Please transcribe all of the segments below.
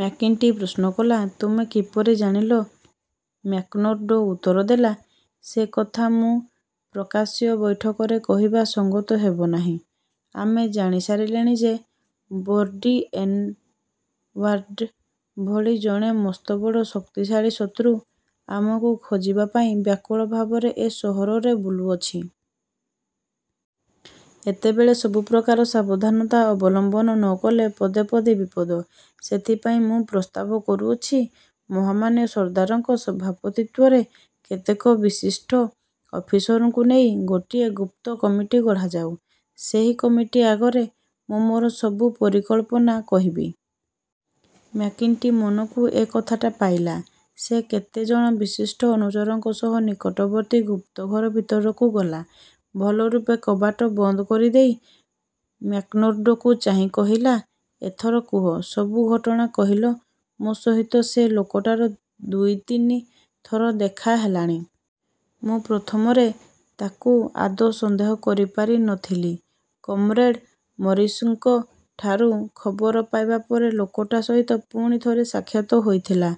McGinty ପ୍ରଶ୍ନ କଲା, ତୁମେ କିପରି ଜାଣିଲ? ମ୍ୟାକ୍ମାର୍ଡ଼ୋ ଉତ୍ତର ଦେଲା, ସେ କଥା ମୁଁ ପ୍ରକାଶ୍ୟ ବୈଠକରେ କହିବା ସଙ୍ଗତ ହେବ ନାହିଁ। ଆମେ ଜାଣିସାରିଲେଣି ଯେ, ବର୍ଡ଼ି ଏନଓ୍ୟାର୍ଡ଼ ଭଳି ଜଣେ ମସ୍ତବଡ଼, ଶକ୍ତିଶାଳୀ ଶତ୍ରୁ ଆମକୁ ଖୋଜିବା ପାଇଁ ବ୍ୟାକୁଳ ଭାବରେ ଏ ସହରରେ ବୁଲୁଅଛି। ଏତେବେଳେ ସବୁ ପ୍ରକାର ସାବଧାନତା ଅବଲମ୍ବନ ନ କଲେ ପଦେ ପଦେ ବିପଦ। ସେଥିପାଇଁ ମୁଁ ପ୍ରସ୍ତାବ କରୁଅଛି, ମହାମାନ୍ୟ ସର୍ଦ୍ଦାରଙ୍କ ସଭାପତିତ୍ୱରେ କେତେକ ବିଶିଷ୍ଟ ଅଫିସରଙ୍କୁ ନେଇ ଗୋଟିଏ ଗୁପ୍ତ କମିଟି ଗଢ଼ାଯାଉ। ସେହି କମିଟି ଆଗରେ ମୁଁ ମୋର ସବୁ ପରିକଳ୍ପନା କହିବି। ମ୍ୟାକ୍ଜିଣ୍ଟି ମନକୁ ଏ କଥାଟା ପାଇଲା। ସେ କେତେ ଜଣ ବିଶିଷ୍ଟ ଅନୁଚରଙ୍କ ସହ ନିକଟବର୍ତ୍ତୀ ଗୁପ୍ତଘର ଭିତରକୁ ଗଲା। ଭଲରୂପେ କବାଟ ବନ୍ଦ କରିଦେଇ ମ୍ୟାକ୍ମାର୍ଡ଼ୋକୁ ଚାହିଁ କହିଲା, ଏଥର କୁହ, ସବୁ ଘଟଣା କହିଲ ମୋ ସହିତ ସେ ଲୋକଟାର ଦୁଇତିନି ଥର ଦେଖା ହେଲାଣି। ମୁଁ ପ୍ରଥମରେ ତାକୁ ଆଦୌ ସନ୍ଦେହ କରିପାରି ନ ଥିଲି। କମ୍ରେଡ଼ ମରିସଙ୍କଠାରୁ ଖବର ପାଇବା ପରେ ଲୋକଟା ସହିତ ପୁଣି ଥରେ ସାକ୍ଷାତ ହୋଇଥିଲା।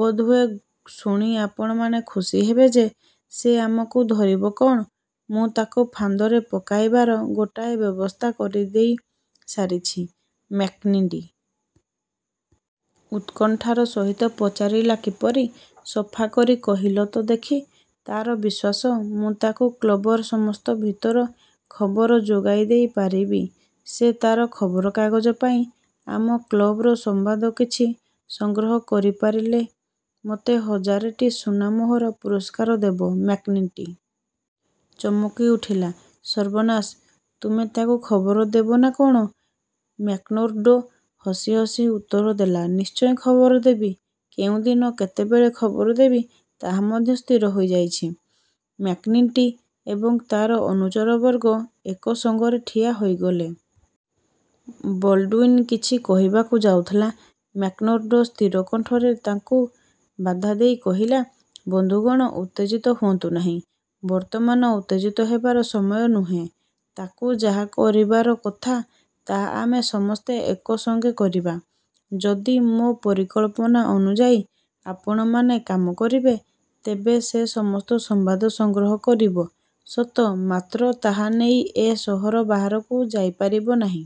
ବୋଧହୁଏ ଶୁଣି ଆପଣମାନେ ଖୁସି ହେବେ ଯେ, ସେ ଆମକୁ ଧରିବ କଣ, ମୁଁ ତାକୁ ଫାନ୍ଦରେ ପକାଇବାର ଗୋଟାଏ ବ୍ୟବସ୍ଥା କରିଦେଇ ସାରିଛି। ମ୍ୟାକ୍ଜିଣ୍ଟି ଉତ୍କଣ୍ଠାର ସହିତ ପଚାରିଲା କିପରି? ସଫା କରି କହିଲ ତ ଦେଖି। ତାର ବିଶ୍ୱାସ, ମୁଁ ତାକୁ କ୍ଳବର ସମସ୍ତ ଭିତର ଖବର ଯୋଗାଇଦେଇପାରିବି। ସେ ତାର ଖବରକାଗଜ ପାଇଁ ଆମ କ୍ଳବର ସମ୍ବାଦ କିଛି ସଂଗ୍ରହ କରିପାରିଲେ ମୋତେ ହଜାରେଟି ସୁନା ମୋହର ପୁରସ୍କାର ଦେବ। ମ୍ୟାକ୍ଜିଣ୍ଟି ଚମକି ଉଠିଲା, ସର୍ବନାଶ, ତୁମେ ତାକୁ ଖବର ଦେବ ନା କଣ? ମ୍ୟାକ୍ମାର୍ଡ଼ୋ ହସିହସି ଉତ୍ତର ଦେଲା, ନିଶ୍ଚୟ ଖବର ଦେବି। କେଉଁ ଦିନ କେତେବେଳେ ଖବର ଦେବି, ତାହା ମଧ୍ୟ ସ୍ଥିର ହୋଇଯାଇଛି। ମ୍ୟାକ୍ଜିଣ୍ଟି ଏବଂ ତାର ଅନୁଚରବର୍ଗ ଏକସଙ୍ଗରେ ଠିଆ ହୋଇଗଲେ। ବଲ୍ଡ଼ୁଇନ କିଛି କହିବାକୁ ଯାଉଥିଲା, ମ୍ୟାକ୍ମାର୍ଡ଼ୋ ସ୍ଥିର କଣ୍ଠରେ ତାକୁ ବାଧା ଦେଇ କହିଲା, ବନ୍ଧୁଗଣ, ଉତ୍ତେଜିତ ହୁଅନ୍ତୁ ନାହିଁ। ବର୍ତ୍ତମାନ ଉତ୍ତେଜିତ ହେବାର ସମୟ ନୁହେଁ। ତାକୁ ଯାହା କରିବାର କଥା, ତାହା ଆମେ ସମସ୍ତେ ଏକସଙ୍ଗେ କରିବା। ଯଦି ମୋ ପରିକଳ୍ପନା ଅନୁଯାୟୀ ଆପଣମାନେ କାମ କରିବେ, ତେବେ ସେ ସମସ୍ତ ସମ୍ବାଦ ସଂଗ୍ରହ କରିବ ସତ; ମାତ୍ର ତାହା ନେଇ ଏ ସହର ବାହାରକୁ ଯାଇପାରିବ ନାହିଁ।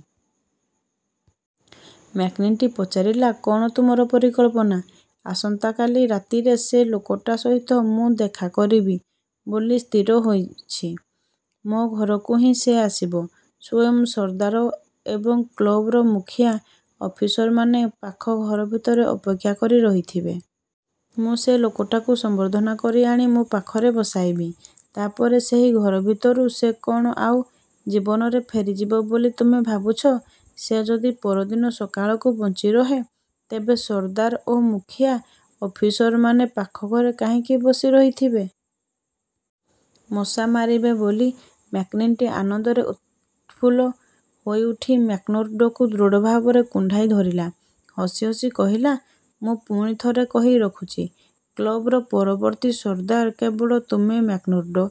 ମ୍ୟାକ୍ଜିଣ୍ଟି ପଚାରିଲା, କଣ ତୁମର ପରିକଳ୍ପନା? ଆସନ୍ତା କାଲି ରାତିରେ ସେ ଲୋକଟା ସହିତ ମୁଁ ଦେଖା କରିବି ବୋଲି ସ୍ଥିର ହୋଇଛି। ମୋ ଘରକୁ ହିଁ ସେ ଆସିବ। ସ୍ୱୟଂ ସର୍ଦ୍ଦାର ଏବଂ କ୍ଳବର ମୁଖିଆ ଅଫିସରମାନେ ପାଖ ଘର ଭିତରେ ଅପେକ୍ଷା କରି ରହିଥିବେ। ମୁଁ ସେ ଲୋକଟାକୁ ସମ୍ବର୍ଦ୍ଧନା କରି ଆଣି ମୋ ପାଖରେ ବସାଇବି। ତା ପରେ ସେହି ଘର ଭିତରୁ ସେ କଣ ଆଉ ଜୀବନରେ ଫେରିଯିବ ବୋଲି ତୁମେ ଭାବୁଛ? ସେ ଯଦି ପର ଦିନ ସକାଳକୁ ବଞ୍ଚିରହେ, ତେବେ ସର୍ଦ୍ଦାର ଓ ମୁଖିଆ ଅଫିସରମାନେ ପାଖ ଘରେ କାହିଁକି ବସି ରହିଥିବେ? ମଶା ମାରିବେ ବୋଲି? ମ୍ୟାକ୍ଜିଣ୍ଟି ଆନନ୍ଦରେ ଉତ୍ଫୁଲ୍ଲ ହୋଇଉଠି ମ୍ୟାକ୍ମାର୍ଡ଼ୋକୁ ଦୃଢ଼ଭାବରେ କୁଣ୍ଢାଇ ଧରିଲା। ହସିହସି କହିଲା, ମୁଁ ପୁଣି ଥରେ କହି ରଖୁଛି, କ୍ଳବର ପରବର୍ତ୍ତୀ ସର୍ଦ୍ଦାର କେବଳ ତୁମେ ମ୍ୟାକ୍ମାର୍ଡ଼ୋ।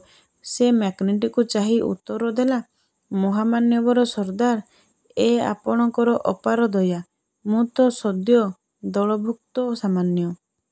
ସେ ମ୍ୟାକ୍ଜିଣ୍ଟିକୁ ଚାହିଁ ଉତ୍ତର ଦେଲା, ମହାମାନ୍ୟବର ସର୍ଦ୍ଦାର, ଏ ଆପଣଙ୍କର ଅପାର ଦୟା। ମୁଁ ତ ସଦ୍ୟ ଦଳଭୁକ୍ତ ସାମାନ୍ୟ..